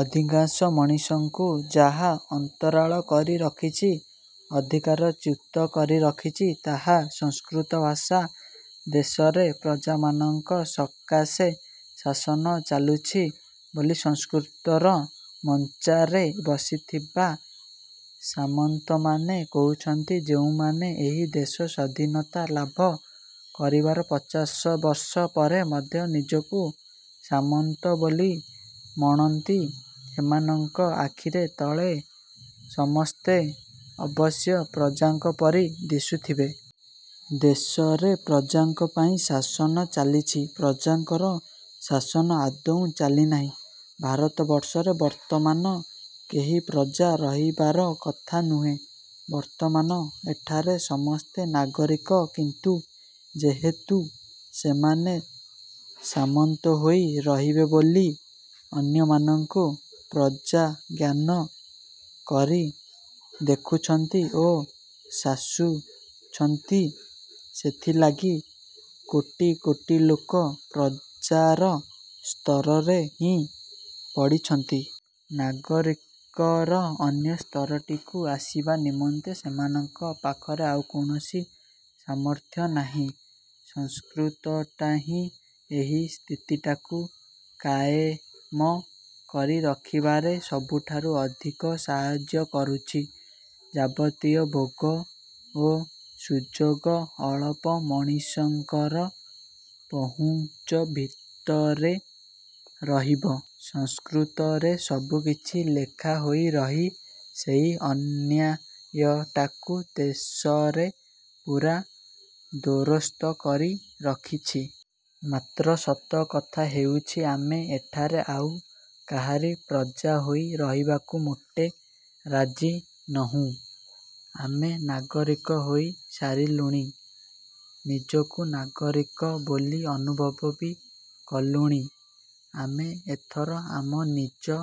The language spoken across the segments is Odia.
ଅଧିକାଂଶ ମଣିଷଙ୍କୁ ଯାହା ଅନ୍ତରାଳ କରି ରଖିଛି ଅଧିକାରଚ୍ୟୁତ କରି ରଖିଛି ତାହା ସଂସ୍କୃତ ଭାଷା। ଦେଶରେ ପ୍ରଜାମାନଙ୍କ ସକାଶେ ଶାସନ ଚାଲୁଛି ବୋଲି ସଂସ୍କୃତର ମଞ୍ଚାରେ ବସିଥିବା ସାମନ୍ତମାନେ କହୁଛନ୍ତି। ଯେଉଁମାନେ ଏହି ଦେଶ ସ୍ୱାଧୀନତା ଲାଭ କରିବାର ପଚାଶବର୍ଷ ପରେ ମଧ୍ୟ ନିଜକୁ ସାମନ୍ତ ବୋଲି ମଣନ୍ତି ସେମାନଙ୍କ ଆଖିରେ ତଳେ ସମସ୍ତେ ଅବଶ୍ୟ ପ୍ରଜାଙ୍କ ପରି ଦିଶୁଥିବେ। ଦେଶରେ ପ୍ରଜାଙ୍କ ପାଇଁ ଶାସନ ଚାଲିଛି, ପ୍ରଜାଙ୍କର ଶାସନ ଆଦୌ ଚାଲିନାହିଁ। ଭାରତବର୍ଷରେ ବର୍ତ୍ତମାନ କେହି ପ୍ରଜା ରହିବାର କଥା ନୁହେଁ। ବର୍ତ୍ତମାନ ଏଠାରେ ସମସ୍ତେ ନାଗରିକ। କିନ୍ତୁ ଯେହେତୁ ସେମାନେ ସାମନ୍ତ ହୋଇ ରହିବେ ବୋଲି ଅନ୍ୟମାନଙ୍କୁ ପ୍ରଜାଜ୍ଞାନ କରି ଦେଖୁଛନ୍ତି ଓ ଶାସୁଛନ୍ତି, ସେଥିଲାଗି କୋଟି କୋଟି ଲୋକ ପ୍ରଜାର ସ୍ତରରେ ହିଁ ପଡ଼ିଛନ୍ତି। ନାଗରିକର ଅନ୍ୟ ସ୍ତରଟିକୁ ଆସିବା ନିମନ୍ତେ ସେମାନଙ୍କ ପାଖରେ ଆଉ କୌଣସି ସାମର୍ଥ୍ୟ ନାହିଁ। ସଂସ୍କୃତଟା ହିଁ ଏହି ସ୍ଥିତିଟାକୁ କାଏମ କରି ରଖିବାରେ ସବୁଠାରୁ ଅଧିକ ସାହାଯ୍ୟ କରୁଛି। ଯାବତୀୟ ଭୋଗ ଓ ସୁଯୋଗ ଅଳପ ମଣିଷଙ୍କର ପହୁଞ୍ଚ ଭିତରେ ରହିବ, ସଂସ୍କୃତରେ ସବୁକିଛି ଲେଖା ହୋଇ ରହି ସେହି ଅନ୍ୟାୟଟାକୁ ଦେଶରେ ପୂରା ଦୋରସ୍ତ କରି ରଖିଛି। ମାତ୍ର ସତ କଥା ହେଉଛି ଆମେ ଏଠାରେ ଆଉ କାହାରି ପ୍ରଜା ହୋଇ ରହିବାକୁ ମୋଟେ ରାଜି ନୋହୁଁ, ଆମେ ନାଗରିକ ହୋଇ ସାରିଲୁଣି। ନିଜକୁ ନାଗରିକ ବୋଲି ଅନୁଭବ ବି କଲୁଣି। ଆମେ ଏଥର ଆମ ନିଜ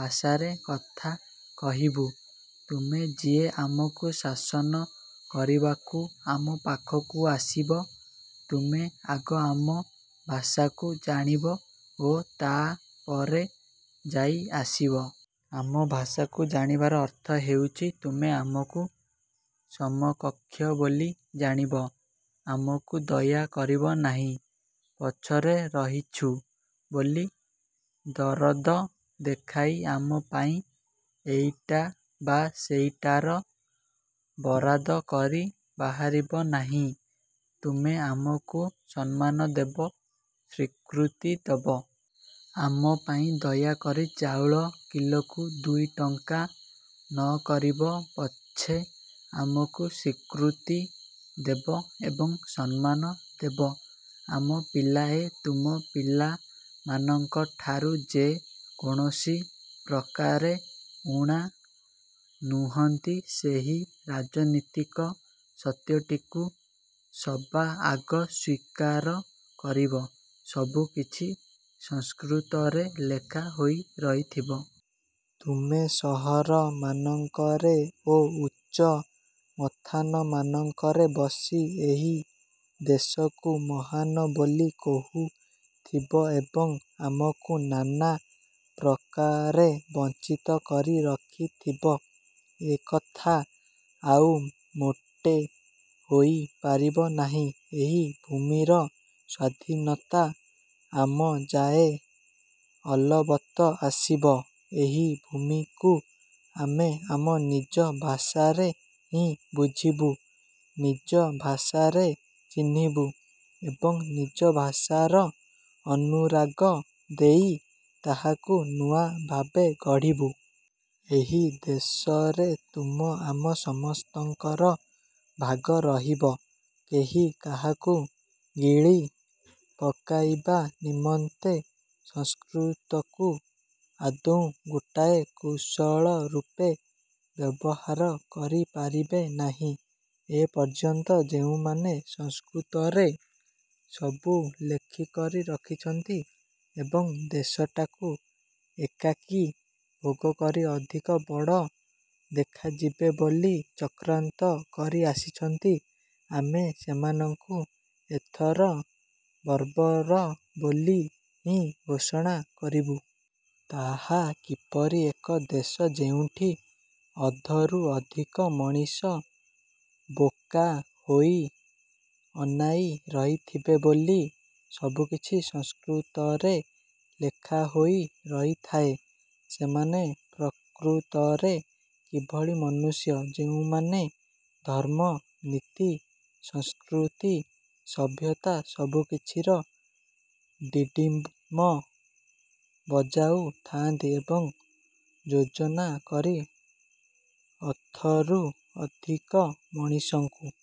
ଭାଷାରେ କଥା କହିବୁ। ତୁମେ ଯିଏ ଆମକୁ ଶାସନ କରିବାକୁ ଆମ ପାଖକୁ ଆସିବ ତୁମେ ଆଗ ଆମ ଭାଷାକୁ ଜାଣିବ ଓ ତାପରେ ଯାଇ ଆସିବ। ଆମ ଭାଷାକୁ ଜାଣିବାର ଅର୍ଥ ହେଉଛି ତୁମେ ଆମକୁ ସମକକ୍ଷ ବୋଲି ଜାଣିବ, ଆମକୁ ଦୟା କରିବ ନାହିଁ। ପଛରେ ରହିଛୁ ବୋଲି ଦରଦ ଦେଖାଇ ଆମ ପାଇଁ ଏଇଟା ବା ସେଇଟାର ବରାଦ କରି ବାହାରିବ ନାହିଁ। ତୁମେ ଆମକୁ ସମ୍ମାନ ଦେବ, ସ୍ୱୀକୃତି ଦେବ। ଆମ ପାଇଁ ଦୟାକରି ଚାଉଳ କିଲୋକୁ ଦୁଇଟଙ୍କା ନକରିବ ପଛେ, ଆମକୁ ସ୍ୱୀକୃତି ଦେବ ଏବଂ ସମ୍ମାନ ଦେବ। ଆମ ପିଲାଏ ତୁମ ପିଲାମାନଙ୍କ ଠାରୁ ଯେ କୌଣସି ପ୍ରକାରେ ଊଣା ନୁହନ୍ତି ସେହି ରାଜନୀତିକ ସତ୍ୟଟିକୁ ସବାଆଗ ସ୍ୱୀକାର କରିବ। ସବୁକିଛି ସଂସ୍କୃତରେ ଲେଖା ହୋଇ ରହିଥିବ। ତୁମେ ସହରମାନଙ୍କରେ ଓ ଉଚ୍ଚ ମଥାନମାନଙ୍କରେ ବସି ଏହି ଦେଶକୁ ମହାନ ବୋଲି କହୁଥିବ ଏବଂ ଆମକୁ ନାନା ପ୍ରକାରେ ବଞ୍ଚିତ କରି ରଖିଥିବ, ଏକଥା ଆଉ ମୋଟେ ହୋଇପାରିବ ନାହିଁ। ଏହି ଭୂମିର ସ୍ୱାଧୀନତା ଆମଯାଏ ଅଲବତ ଆସିବ। ଏହି ଭୂମିକୁ ଆମେ ଆମ ନିଜ ଭାଷାରେ ହିଁ ବୁଝିବୁ, ନିଜ ଭାଷାରେ ଚିହ୍ନିବୁ ଏବଂ ନିଜ ଭାଷାର ଅନୁରାଗ ଦେଇ ତାହାକୁ ନୂଆ ଭାବେ ଗଢ଼ିବୁ। ଏହି ଦେଶରେ ତୁମ ଆମ ସମସ୍ତଙ୍କର ଭାଗ ରହିବ କେହି କାହାକୁ ଗିଳି ପକାଇବା ନିମନ୍ତେ ସଂସ୍କୃତକୁ ଆଦୌ ଗୋଟାଏ କୌଶଳ ରୂପେ ବ୍ୟବହାର କରିପାରିବେ ନାହିଁ। ଏପର୍ଯ୍ୟନ୍ତ ଯେଉଁମାନେ ସଂସ୍କୃତରେ ସବୁ ଲେଖିକରି ରଖିଛନ୍ତି ଏବଂ ଦେଶଟାକୁ ଏକାକୀ ଭୋଗକରି ଅଧିକ ବଡ଼ ଦେଖାଯିବେ ବୋଲି ଚକ୍ରାନ୍ତ କରି ଆସିଛନ୍ତି, ଆମେ ସେମାନଙ୍କୁ ଏଥର ବର୍ବର ବୋଲି ହିଁ ଘୋଷଣା କରିବୁ। ତାହା କିପରି ଏକ ଦେଶ ଯେଉଁଠି ଅଧରୁ ଅଧିକ ମଣିଷ ବୋକା ହୋଇ ଅନାଇ ରହିଥିବେ ବୋଲି ସବୁକିଛି ସଂସ୍କୃତରେ ଲେଖାହୋଇ ରହିଥାଏ? ସେମାନେ ପ୍ରକୃତରେ କିଭଳି ମନୁଷ୍ୟ ଯେଉଁମାନେ ଧର୍ମ, ନୀତି, ସଂସ୍କୃତି, ସଭ୍ୟତା ସବୁକିଛିର ଡ଼ିଣ୍ଡିମ ବଜାଉ ଥାଆନ୍ତି ଏବଂ ଯୋଜନା କରି ଅଧରୁ ଅଧିକ ମଣିଷଙ୍କୁ